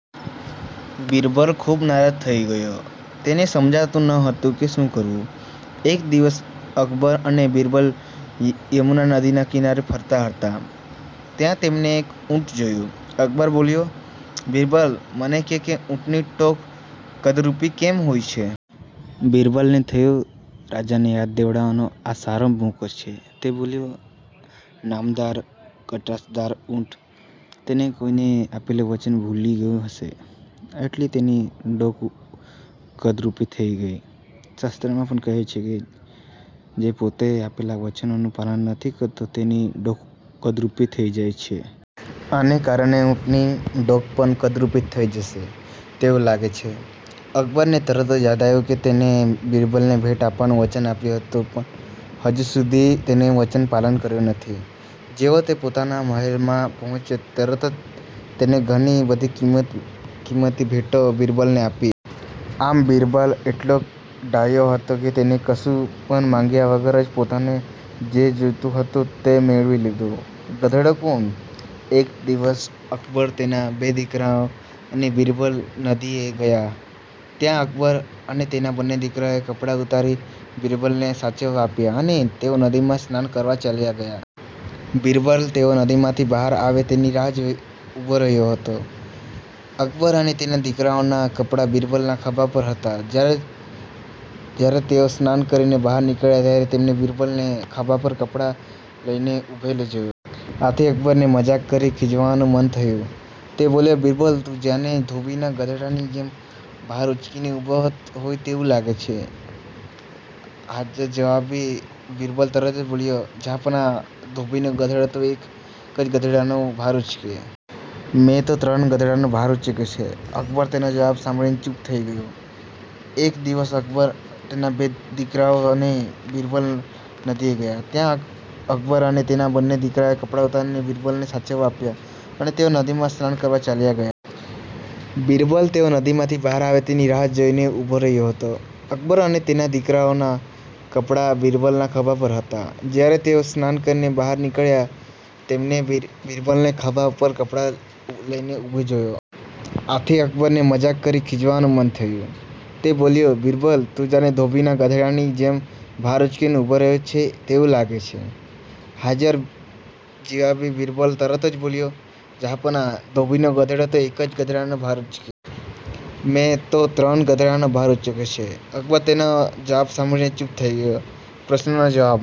બિરબલ ખૂબ નારાજ થઈ ગયો. તેને સમજાતું ન હતું કે શું કરવું? એક દિવસ અકબર અને બિરબલ યમુના નદીના કિનારે ફરતા હતા. ત્યાં તેમણે એક ઊંટ જોયું. અકબર બોલ્યો; બિરબલ, મને કહે કે ઊંટની ડોક કદરુપી કેમ હોય છે? બિરબલને થયું, રાજાને યાદ દેવડાવવાનો આ સારો મોકો છે. તે બોલ્યો; નામદાર, કદાચ ઊંટ, તેણે કોઈને આપેલું વચન ભૂલી ગયું હશે. એટલે તેની ડોક કદરુપી થઈ ગઈ. શાસ્ત્રમાં પણ કહ્યું છે કે જે પોતે આપેલા વચનોનું પાલન નથી કરતો તેની ડોક કદરુપી થઈ જાય છે. આને કારણે ઊંટની ડોક પણ કદરૂપી થઈ હશે તેવું લાગે છે. અકબરને તરત યાદ આવ્યું કે તેણે બિરબલને ભેટ આપવાનુ વચન આપ્યું હતું પણ હજુ સુધી તેણે વચનનું પાલન કર્યું નથી. જેવો તે પોતાના મહેલમાં પહોંચ્યો કે તરત જે તેણે ઘણી બધી કિંમતી ભેટો બિરબલને આપી. આમ બિરબલ એટલો ડાહ્યો હતો કે તેણે કશું પણ માંગ્યા વગર જ પોતાને જે જોઈતું હતું તે મેળવી લીધું. ગધેડો કોણ? એક દિવસ અકબર, તેના બે દિકરાઓ અને બિરબલ નદીએ ગયા. ત્યાં અકબર અને તેના બંને દિકરાઓએ કપડાં ઉતારી બિરબલને સાચવાવા આપ્યા અને તેઓ નદીમાં સ્નાન કરવા ચાલ્યા ગયા. બિરબલ તેઓ નદીમાંથી બહાર આવે તેની રાહ જોઈને ઉભો હતો. અકબર અને તેના દીકરાઓના કપડા બિરબલના ખભા પર હતા. જ્યારે તેઓ સ્નાન કરીને બહાર નીકળ્યા ત્યારે તેમણે બિરબલને ખભા પર કપડા લઈને ઉભેલો જોયો. આથી અકબરને મજાક કરી ખિજવવાનું મન થયું. તે બોલ્યો; બિરબલ તું જાણે ધોબીના ગધેડાની જેમ ભાર ઉચકીને ઉભો હોય તેવું લાગે છે. હાજર જવાબી બિરબલ તરત જ બોલ્યો; જહાંપનાહ, ધોબીનો ગધેડો તો એક જ ગધેડાનો ભાર ઉચકે.. મેં તો ત્રણ ગધેડાનો ભાર ઉચક્યો છે. અકબર તેનો જવાબ સાંભળીને ચૂપ જ થઈ ગયો.. એક દિવસ અકબર, તેના બે દિકરાઓ અને બિરબલ નદીએ ગયા. ત્યાં અકબર અને તેના બંને દિકરાઓએ કપડાં ઉતારી બિરબલને સાચવાવા આપ્યા અને તેઓ નદીમાં સ્નાન કરવા ચાલ્યા ગયા. બિરબલ તેઓ નદીમાંથી બહાર આવે તેની રાહ જોઈને ઉભો હતો. અકબર અને તેના દીકરાઓના કપડા બિરબલના ખભા પર હતા. જ્યારે તેઓ સ્નાન કરીને બહાર નીકળ્યા ત્યારે તેમણે બિરબલને ખભા પર કપડા લઈને ઉભેલો જોયો. આથી અકબરને મજાક કરી ખિજવવાનું મન થયું. તે બોલ્યો; બિરબલ તું જાણે ધોબીના ગધેડાની જેમ ભાર ઉચકીને ઉભો હોય તેવું લાગે છે. હાજર જવાબી બિરબલ તરત જ બોલ્યો; જહાંપનાહ, ધોબીનો ગધેડો તો એક જ ગધેડાનો ભાર ઉચકે.. મેં તો ત્રણ ગધેડાનો ભાર ઉચક્યો છે.અકબર તેનો જવાબ સાંભળીને ચૂપ જ થઈ ગયો.. પ્રશ્નના જવાબમાં